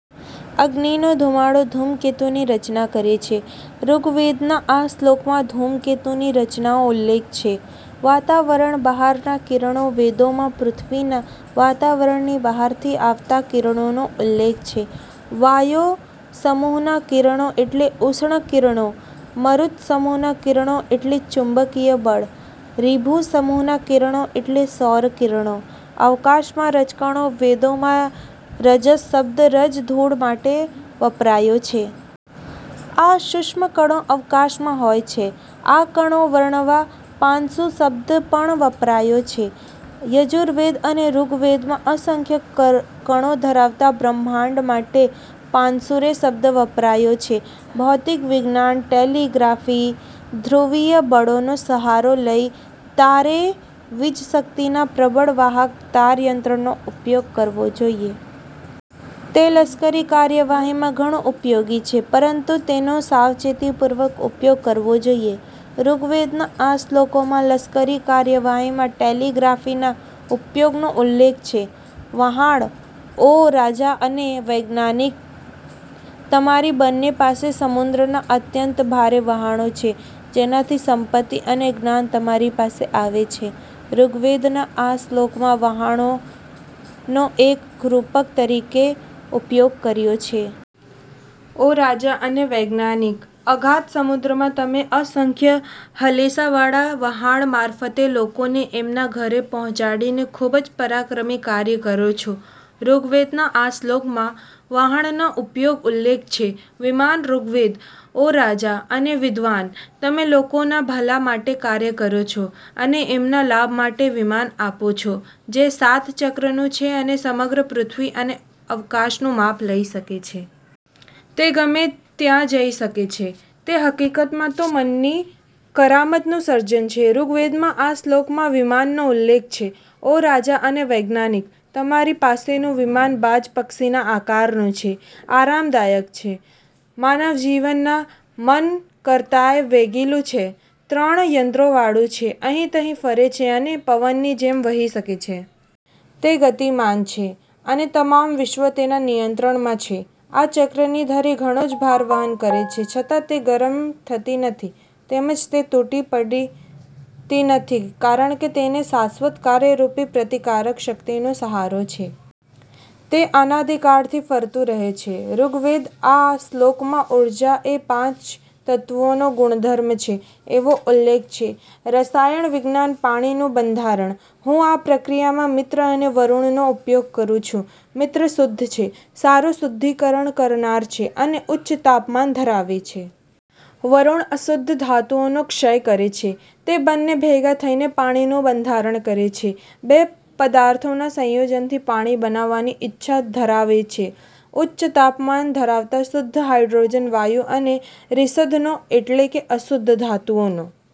અગ્નિનો ધુમાડો ધૂમકેતુની રચના કરે છે" ઋગ્વેદના આ શ્લોકમાં, ધૂમકેતુ ની રચનાનો ઉલ્લેખ છે. વાતાવરણ બહારના કિરણો વેદોમાં પૃથ્વીના વાતાવરણની બહારથી આવતા કિરણોનો ઉલ્લેખ છે. વાયો સમૂહના કિરણો એટલે ઉષ્ણ કિરણો, મરુત સમૂહના કિરણો એટલે ચુંબકીય બળ, રીભુ સમૂહના કિરણો એટલે સૌર કિરણો અવકાશમાં રજકણો વેદોમાં 'રજસ' શબ્દ રજ-ધૂળ માટે વપરાયો છે. આ સુક્ષ્મ કણો અવકાશમાં હોય છે. આ કણો વર્ણવવા "પાંસુ" શબ્દ પણ વપરાયો છે. યજુર્વેદ અને ઋગ્વેદમાં અસંખ્ય કણો ધરાવતા બ્રહ્માંડ માટે "પાંસુરે" શબ્દ વપરાયો છે ભૌતિક વિજ્ઞાન ટેલીગ્રાફી "ધ્રુવીય બળોનો સહારો લઇ, તારે વીજશક્તિના પ્રબળ વાહક તાર યંત્રનો ઉપયોગ કરવો જોઈએ. તે લશ્કરી કાર્યવાહીમાં ઘણું ઉપયોગી છે પરંતુ તેનો સાવચેતીપૂર્વક ઉપયોગ કરવો જોઈએ" ઋગ્વેદના આ શ્લોકમાં, લશ્કરી કાર્યવાહીમાં ટેલીગ્રાફી ના ઉપયોગનો ઉલ્લેખ છે. વહાણ "ઓ રાજા અને વૈજ્ઞાનિક, તમારી બંને પાસે સમુદ્રનાં અત્યંત ભારે વહાણો છે જેનાથી સંપત્તિ અને જ્ઞાન તમારી પાસે આવે છે" ઋગ્વેદના આ શ્લોકમાં, વહાણનો એક રૂપક તરીકે ઉપયોગ કર્યો છે. "ઓ રાજા અને વૈજ્ઞાનિક, અગાધ સમુદ્રમાં તમે અસંખ્ય હલેસાંવાળા વહાણ મારફતે લોકોને એમના ઘરે પહોંચાડીને ખુબ જ પરાક્રમી કાર્ય કરો છો" ઋગ્વેદના આ શ્લોકમાં, વહાણના ઉપયોગનો ઉલ્લેખ છે. વિમાન ઋગ્વેદ "ઓ રાજા અને વિદ્વાન, તમે લોકોના ભલા માટે કાર્ય કરો છો અને એમના લાભ માટે વિમાન આપો છો જે સાત ચક્રવાળું છે અને સમગ્ર પૃથ્વી અને અવકાશનું માપ લઇ શકે છે. તે ગમે ત્યાં જઈ શકે છે. તે હકીકતમાં તો મનની કરામતનું સર્જન છે" ઋગ્વેદના આ શ્લોકમાં, વિમાનનો ઉલ્લેખ છે. "ઓ રાજા અને વૈજ્ઞાનિક, તમારી પાસેનું વિમાન બાજ પક્ષીના આકારનું છે, આરામદાયક છે, માનવીના મન કરતાંય વેગીલું છે, ત્રણ યંત્રોવાળું છે, અહીં-તહીં ફરે છે અને પવનની જેમ વહી શકે છે. તે ગતિમાન છે અને તમામ વિશ્વો તેના નિયંત્રણમાં છે. આ ચક્રની ધરી ઘણો જ ભાર વહન કરે છે છતાં તે ગરમ થતી નથી તેમજ તે તૂટી પડતી નથી કારણકે તેને શાશ્વત કાર્ય રૂપી પ્રતિકારક શક્તિનો સહારો છે. તે અનાદીકાળથી ફરતું રહે છે" ઋગ્વેદના આ શ્લોકમાં, ઊર્જા એ પાંચ તત્વો નો ગુણધર્મ છે એવો ઉલ્લેખ છે. રસાયણ વિજ્ઞાન પાણીનું બંધારણ "હું આ પ્રક્રિયામાં મિત્ર અને વરુણ નો ઉપયોગ કરું છું. મિત્ર શુદ્ધ છે, સારું શુદ્ધિકરણ કરનાર છે અને ઉચ્ચ તાપમાન ધરાવે છે. વરુણ અશુદ્ધ ધાતુઓનો ક્ષય કરે છે. તે બંને ભેગા થઈને પાણીનું બંધારણ કરે છે" "બે પદાર્થોના સંયોજનથી પાણી બનાવવાની ઈચ્છા ધરાવનારે, ઉચ્ચ તાપમાન ધરાવતા શુદ્ધ હાઇડ્રોજન વાયુ અને 'રીસધ'નો એટલે કે અશુદ્ધ ધાતુઓનો।